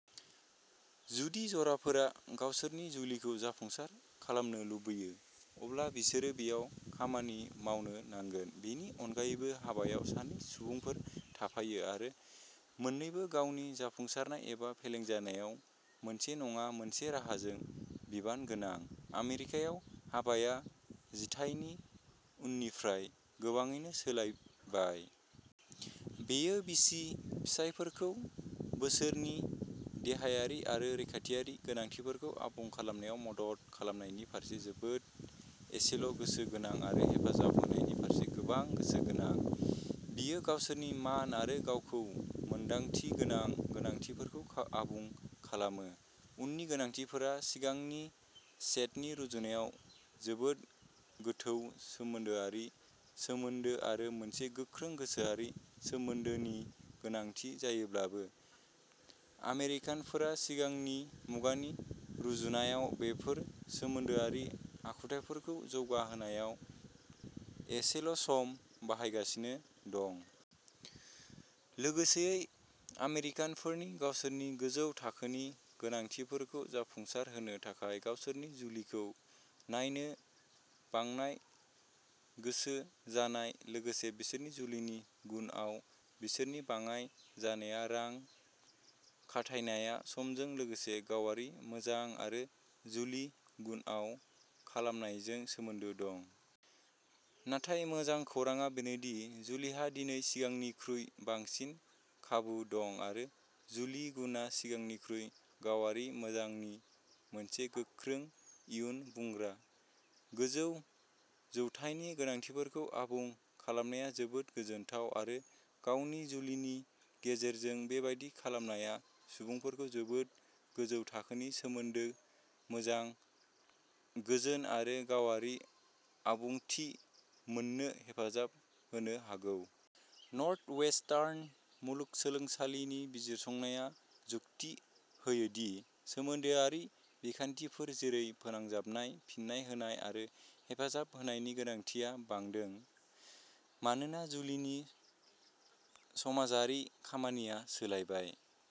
जुदि जराफोरा गावसोरनि जुलिखौ जाफुंसार खालामनो लुबैयो, अब्ला बिसोरो बेयाव खामानि मावनो नांगोन। बेनि अनगायैबो, हाबायाव सानै सुबुंफोर थाफायो आरो मोननैबो गावनि जाफुंसारनाय एबा फेलेंजानायाव मोनसे नङा मोनसे राहाजों बिबान गोनां। "आमेरिकायाव हाबाया जिथाइनि उननिफ्राय गोबाङैनो सोलायबाय। बेयो बिसि-फिसायफोरखौ बिसोरनि देहायारि आरो रैखाथि गोनांथिफोरखौ आबुं खालामनायाव मदद खालामनायनि फारसे जोबोद एसेल'गोसो गोनां आरो हेफाजाब होनायनि फारसे गोबां गोसो गोनां। बिसोर गावसोरनि मान आरो गावखौ मोनदांथि गोनां गोनांथिफोरखौ आबुं खालामो। उननि गोनांथिफोरा सिगांनि सेटनि रुजुनायाव जोबोद गोथौ सोमोन्दोआरि सोमोन्दो आरो मोनसे गोख्रों गोसोआरि सोमोन्दोनि गोनांथि जायोब्लाबो, आमेरिकानफोरा सिगांनि मुगानि रुजुनायाव बेफोर सोमोन्दोआरि आखुथाइफोरखौ जौगाहोनायाव एसेल'सम बाहायगासिनो दं। लोगोसेयै, आमेरिकानफोरनि गावसोरनि गोजौ थाखोनि गोनांथिफोरखौ जाफुंसारहोनो थाखाय गावसोरनि जुलिखौ नायनो बांनाय गोसो जानाय, लोगोसे बिसोरनि जुलिनि गुनआव बिसोरनि बाङाइ जानाय रां खाथायनाया, समजों लोगोसे गावारि मोजां आरो जुलि गुनआव खमायनायजों सोमोन्दो दं। नाथाय मोजां खौरांआ बेनो दि जुलिहा दिनै सिगांनिख्रुइ बांसिन खाबु दं, आरो जुलि गुनआ सिगांनिख्रुइ गावारि मोजांनि मोनसे गोख्रों इयुन बुंग्रा। गोजौ जौथायनि गोनांथिफोरखौ आबुं खालामनाया जोबोद गोजोनथाव, आरो गावनि जुलिनि गेजेरजों बेबादि खालामनाया सुबुंफोरखौ जोबोद गोजौ थाखोनि सोमोन्दो मोजां, गोजोन आरो गावारि आबुंथि मोन्नो हेफाजाब होनो हागौ। "नर्थवेस्टार्न मुलुगसोलोंसालिनि बिजिरसंनाया जुक्ति होयो दि" सोमोन्दोआरि बिखान्थिफोर जेरै फोनांजाबनाय, फिन्नाय होनाय आरो हेफाजाब होनायनि गोनांथिया बांदों मानोना जुलिनि समाजारि खामानिया सोलायबाय।